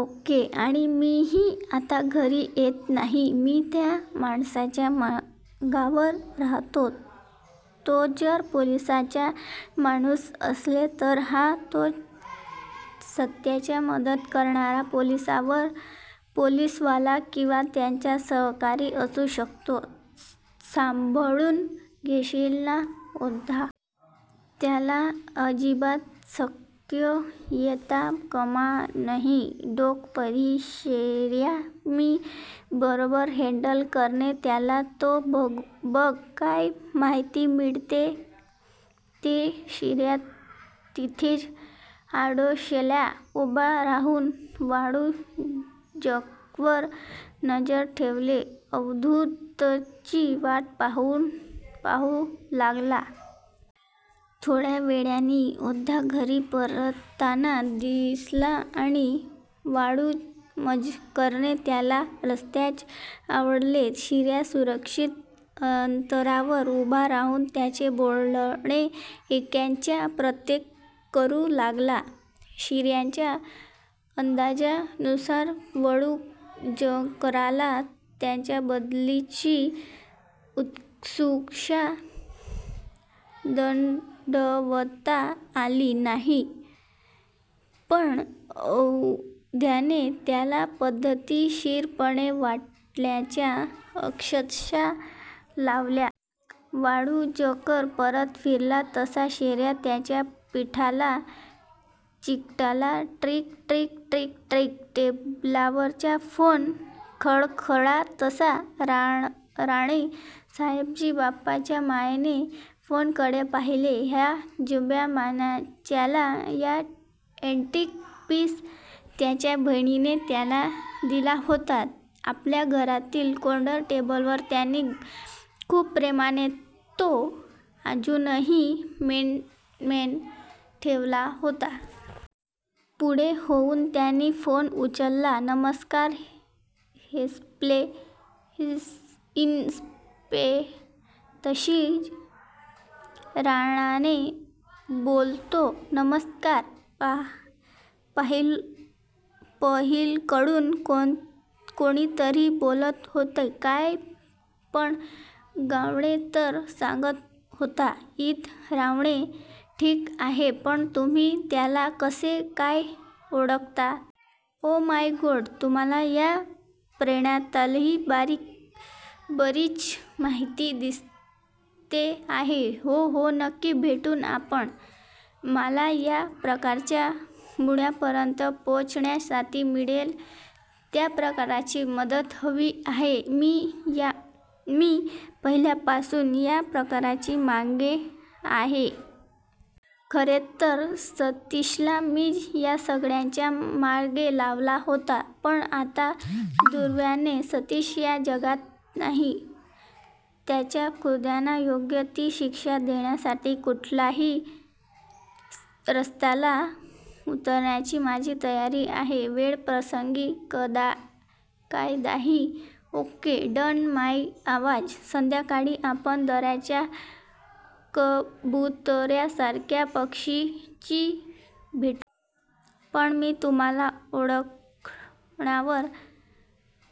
Okay? " आणि हो मी आता घरी येत नाहीये. मी त्या माणसाच्या मागावर राहतो. तो जर पोलीसांचा माणूस असेल तर हा तोच, सत्याला मदत करणारा पोलीसवाला, किंवा त्याचा सहकारी असू शकतो. सांभाळुन घेशील ना औध्या? त्याला अजिबात संशय येता कामा नये. "डोंट वरी, शिर्या. मी बरोबर हँडल करेन त्याला. तू बघ काय माहिती मिळते ते? " शिर्या तिथेच आडोश्याला उभा राहून वाळूंजकरवर नजर ठेवत अवधूतची वाट पाहू लागला. थोड्या वेळाने औध्या घरी परतताना दिसला आणि वाळूम्जकरने त्याला रस्त्यातच अडवले. शिर्या सुरक्षीत अंतरावर उभा राहून त्यांचे बोलणे ऐकण्याचा प्रयत्न करू लागला. शिर्याच्या अंदाजानुसार वाळूंजकरला त्याच्याबद्दलची उत्सुकता दडवता आली नाही. पण औध्याने त्याला पद्धतशीरपणे वाटाण्याच्या अक्षता लावल्या. वाळूंजकर परत फिरला तसा शिर्या त्याच्या पाठीला चिकटला. "ट्रिंग ट्रिंग... ट्रिंग ट्रिंग... टेबलावरचा फोन खणखणला तसा रावराणे साहेबांनी बापाच्या मायेने फोनकडे पाहीले. हा जुन्या जमान्यातला ॲटिक पीस त्यांच्या बहिणीने त्यांना दिला होता. आपल्या घरातील कॉर्नर टेबलवर त्यांनी खुप प्रेमाने तो अजुनही मेनटेन ठेवला होता. पुढे होवून त्यांनी फोन उचलला.... "नमस्कार, इन्स्पे. सतीश रावराणे बोलतोय. " नमस्कार,............ " पलिकडून कोणीतरी बोलत होते.. "काय, पण गावडे तर सांगत होता...... " इति रावराणे "ठिक आहे, पण तूम्ही त्याला कसे काय ओळखता? "ओ माय गॉड, तुम्हाला या प्रकरणातली बरीच माहिती दिसते आहे. " "हो हो नक्की भेटू आपण. मला या प्रकरणाच्या मुळापर्यंत पोहोचण्यासाठी मिळेल त्या प्रकारची मदत हवी आहे. " "मी पहिल्यापासुन या प्रकरणाच्या मागे आहे. खरेतर सतीशला मीच या सगळ्याच्या मागे लावले होते. पण आता दुर्दैवाने सतीश या जगातच नाही. त्याच्या खुन्यांना योग्य ती शिक्षा देण्यासाठी कुठल्याही स्तराला उतरायची माझी तयारी आहे. वेळप्रसंगी कायदाही............ " "ओक्के, डन! मग आज संध्याकाळी आपण दादरच्या कबुतरखान्यापाशी भेटू. पण मी तुम्हाला ओळखणार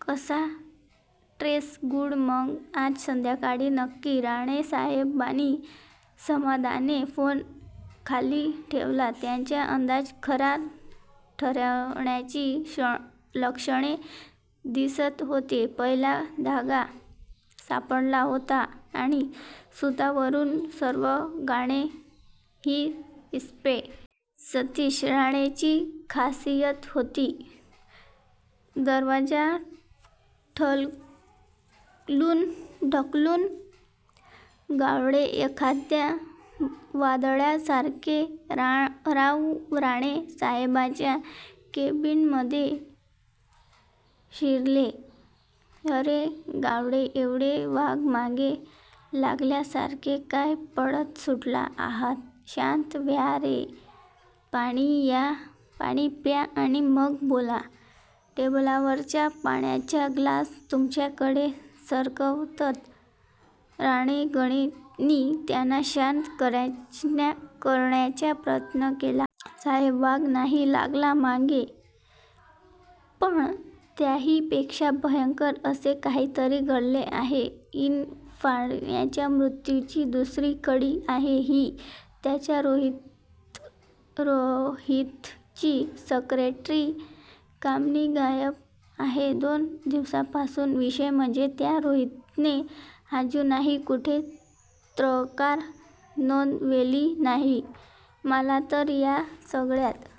कसा? " "दॅट्स गुड! मग आज संध्याकाळी नक्की. " रावराणेसाहेबांनी समाधानाने फोन खाली ठेवला. त्यांचा अंदाज खरा ठरण्याची लक्षणे दिसत होती. पहिला धागा सापडला होता. आणि सुतावरून स्वर्ग गाठणे ही इन्स्पे. सतीश रावराणेंची खासियत होती. दरवाजा ढकलून गावडे एखाद्या वादळासारखे रावराणे साहेबांच्या केबीनमध्ये शिरले. "अरे गावडे, एवढे वाघ मागे लागल्यासारखे काय पळत सुटला आहात. शांत व्हा, हे पाणी प्या आणि मग बोला. " टेबलावरचा पाण्याचा ग्लास त्यांच्याकडे सरकवत रावराणेंनी त्यांना शांत करण्याचा प्रयत्न केला. "साहेब वाघ नाही लागला मागे, पण त्याहीपेक्षा भयंकर असे काहीतरी घडले आहे. इरफानच्या मृत्युची दुसरी कडी आहे ही. त्या रोहीतची सेक्रेटरी कामिनी गायब आहे दोन दिवसापासून. विशेष म्हणजे त्या रोहीतने अजुनही कुठेच तक्रार नोंदवलेली नाही. मला तर या सगळ्यात